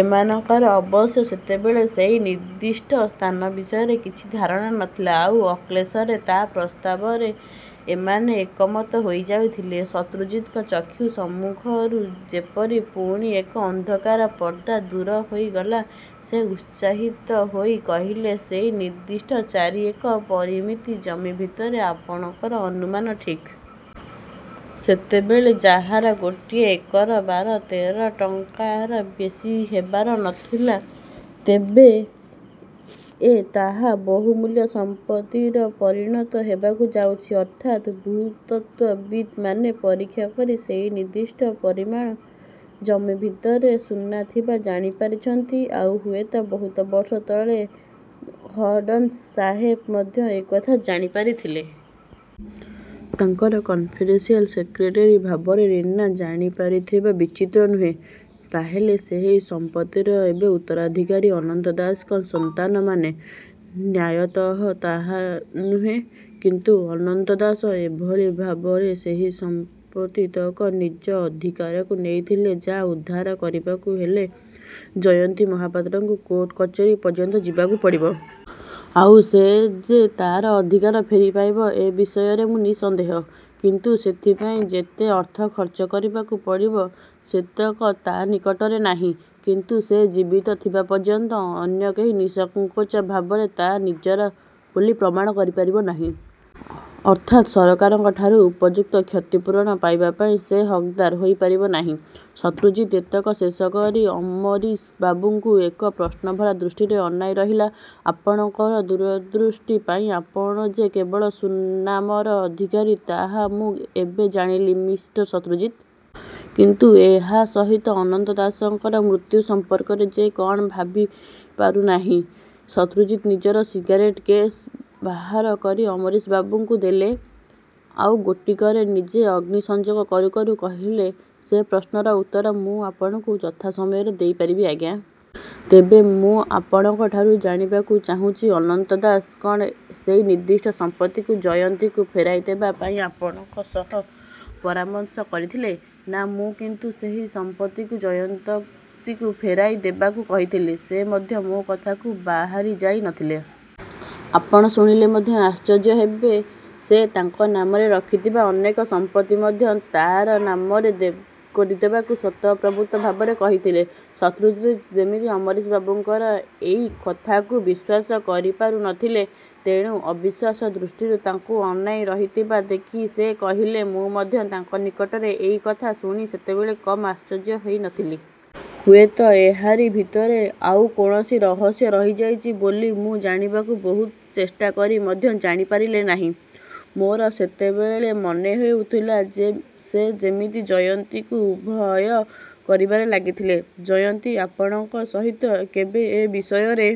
ଏମାନଙ୍କର ଅବଶ୍ୟ ସେତେବେଳେ ସେଇ ନିର୍ଦ୍ଦିଷ୍ଟ ସ୍ଥାନ ବିଷୟରେ କିଛି ଧାରଣା ନ ଥିଲା। ଆଉ ଅକ୍ଲେଶରେ ତା' ପ୍ରସ୍ତାବରେ ଏମାନେ ଏକମତ ହୋଇଯାଇଥିଲେ। ' ଶତ୍ରୁଜିତଙ୍କ ଚକ୍ଷୁ ସମ୍ମୁଖରୁ ଯେପରି ପୁଣି ଏକ ଅନ୍ଧକାର ପର୍ଦ୍ଦା ଦୂର ହୋଇଗଲା। ସେ ଉତ୍ସାହିତ ହୋଇ କହିଲେ, 'ସେଇ ନିର୍ଦ୍ଦିଷ୍ଟ ଚାରି ଏକର ପରିମିତ ଜମି ଭିତରେ' 'ଆପଣଙ୍କର ଅନୁମାନ ଠିକ୍। ସେତେବେଳେ ଯାହାର ଗୋଟିଏ ଏକର ବାର ତେର ଟଙ୍କାର ବେଶୀ ହେବାର ନ ଥିଲା, ଏବେ ତାହା ବହୁମୂଲ୍ୟ ସମ୍ପତ୍ତିରେ ପରିଣତ ହେବାକୁ ଯାଉଛି। ଅର୍ଥାତ ଭୂତତ୍ତ୍ୱବିତ୍ମାନେ ପରୀକ୍ଷା କରି ସେଇ ନିର୍ଦ୍ଦଷ୍ଟ ପରିମାଣ ଜମି ଭିତରେ ସୁନା ଥିବା ଜାଣିପାରିଛନ୍ତି। ଆଉ ହୁଏତ ବହୁତ ବର୍ଷ ତଳେ ହଡ୍ସନ ସାହେବ ମଧ୍ୟ ଏକଥା ଜାଣିପାରିଥିଲେ। ତାଙ୍କର କନ୍ଫିଡେନସିଆଲ ସେକ୍ରେଟେରୀ ଭାବରେ ରୀନା ଜାଣିପାରିଥିବା ବିଚିତ୍ର ନୁହେଁ। ' 'ତା' ହେଲେ ସେଇ ସମ୍ପତ୍ତିର ଏବେ ଉତ୍ତରାଧିକାରୀ ଅନନ୍ତ ଦାସଙ୍କର ସନ୍ତାନମାନେ? ' 'ନ୍ୟାୟତଃ ତାହା ନୁହେଁ। କିନ୍ତୁ ଅନନ୍ତ ଦାସ ଏଭଳି ଭାବରେ ସେଇ ସମ୍ପତ୍ତିତକ ନିଜ ଅଧିକାରକୁ ନେଇଥିଲେ, ଯାହା ଉଦ୍ଧାର କରିବାକୁ ହେଲେ ଜୟନ୍ତୀ ମହାପାତ୍ରକୁ କୋର୍ଟ କଚେରୀ ପର୍ଯ୍ୟନ୍ତ ଯିବାକୁ ପଡ଼ିବ। ଆଉ ସେ ଯେ ତା'ର ଅଧିକାର ଫେରିପାଇବ ଏ ବିଷୟରେ ମୁଁ ନିଃସନ୍ଦେହ। କିନ୍ତୁ ସେଥିପାଇଁ ଯେତେ ଅର୍ଥ ଖର୍ଚ୍ଚ କରିବାକୁ ପଡ଼ିବ, ସେତକ ତାନିକଟରେ ନାହିଁ। ' 'କିନ୍ତୁ ସେ ଜୀବିତ ଥିବା ପର୍ଯ୍ୟନ୍ତ ଅନ୍ୟ କେହି ନିଃସଙ୍କୋଚ ଭାବରେ ତାହା ନିଜର ବୋଲି ପ୍ରମାଣ କରିପାରିବ ନାହିଁ। ଅର୍ଥାତ୍ ସରକାରଙ୍କଠାରୁ ଉପଯୁକ୍ତ କ୍ଷତିପୂରଣ ପାଇବାପାଇଁ ସେ ହକ୍ଦାର ହୋଇପାରିବ ନାହିଁ? ' ଶତ୍ରୁଜିତ ଏତକ ଶେଷ କରି ଅମ୍ବରୀଶ ବାବୁଙ୍କୁ ଏକ ପ୍ରଶ୍ନଭରା ଦୃଷ୍ଟିରେ ଅନାଇ ରହିଲେ। 'ଆପଣଙ୍କର ଦୂରଦୃଷ୍ଟି ପାଇଁ ଆପଣ ଯେ କେବଳ ସୁନାମର ଅଧିକାର, ତାହା ମୁଁ ଏବେ ଜାଣିଲି, ମି: ଶତ୍ରୁଜତି! କିନ୍ତୁ ଏହା ସହିତ ଅନନ୍ତ ଦାସଙ୍କର ମୃତ୍ୟୁର ସମ୍ପର୍କ ଯେ କ'ଣ ମୁଁ ଭାବିପାରୁନାହିଁ। ' ଶତ୍ରୁଜିତ ନିଜର ସିଗାରେଟ କେସ୍। ବାହାର କରି ଅମ୍ବରୀଶ ବାବୁଙ୍କୁ ଦେଲେ। ଆଉ ଗୋଟିକରେ ନିଜେ ଅଗ୍ନିସଂଯୋଗ କରୁ କରୁ କହିଲେ, 'ସେ ପ୍ରଶ୍ନର ଉତ୍ତର ମୁଁ ଆପଣଙ୍କୁ ଯଥାସମୟରେ ଦେଇପାରିବି, ଆଜ୍ଞା! ତେବେ ମୁଁ ଆପଣଙ୍କଠାରୁ ଜାଣିବାକୁ ଚାହୁଁଛି, ଅନନ୍ତ ଦାସ କ'ଣ ସେଇ ନିର୍ଦ୍ଦିଷ୍ଟ ସମ୍ପତ୍ତିକୁ ଜୟନ୍ତୀକୁ ଫେରାଇ ଦେବାପାଇଁ ଆପଣଙ୍କ ସହ ପରାମର୍ଶ କରିଥିଲେ-? ' 'ନା। ମୁଁ କିନ୍ତୁ ସେଇ ସମ୍ପତ୍ତି ଜୟନ୍ତୀକୁ ଫେରାଇ ଦେବାକୁ କହିଥିଲି। ସେ ମଧ୍ୟ ମୋ କଥାରୁ ବାହାରିଯାଇ ନ ଥିଲେ। ଆପଣ ଶୁଣିଲେ ମଧ୍ୟ ଆଶ୍ଚର୍ଯ୍ୟ ହେବେ, ସେ ତାଙ୍କ ନାମରେ ରଖିଥିବା ଅର୍ଦ୍ଧେକ ସମ୍ପତ୍ତି ମଧ୍ୟ ତା' ନାମରେ କରିଦେବାକୁ ସ୍ୱତଃପ୍ରବୃତ୍ତ ଭାବରେ କହିଥିଲେ। ' ଶତ୍ରୁଜିତ ଯେମିତି ଅମ୍ବରୀଶବାବୁଙ୍କର ଏଇ କଥାକୁ ବିଶ୍ୱାସ କରିପାରୁ ନ ଥିଲେ। ତେଣୁ ଅବିଶ୍ୱାସ୍ୟ ଦୃଷ୍ଟିରେ ତାଙ୍କୁ ଅନାଇ ରହିଥିବା ଦେଖି ସେ କହିଲେ, 'ମୁଁ ମଧ୍ୟ ତାଙ୍କ ନିକଟରୁ ଏଇ କଥା ଶୁଣି ସେତେବେଳେ କମ୍ ଆଶ୍ଚର୍ଯ୍ୟ ହେଇ ନ ଥିଲି। ହୁଏତ ଏହାରି ଭିତରେ ଆଉ କୌଣସି ରହସ୍ୟ ରହିଯାଇଛି ବୋଲି ମୁଁ ଜାଣିବାକୁ ବହୁ ଚେଷ୍ଟା କରି ମଧ୍ୟ ଜାଣିପାରିଲି ନାହିଁ। ମୋର ସେତେବେଳେ ମନେହେଉଥିଲା, ସେ ଯେମିତି ଜୟନ୍ତୀକୁ ଭୟ କରିବାରେ ଲାଗିଥିଲେ। ' 'ଜୟନ୍ତୀ ଆପଣଙ୍କ ସହିତ କେବେ ଏ ବିଷୟରେ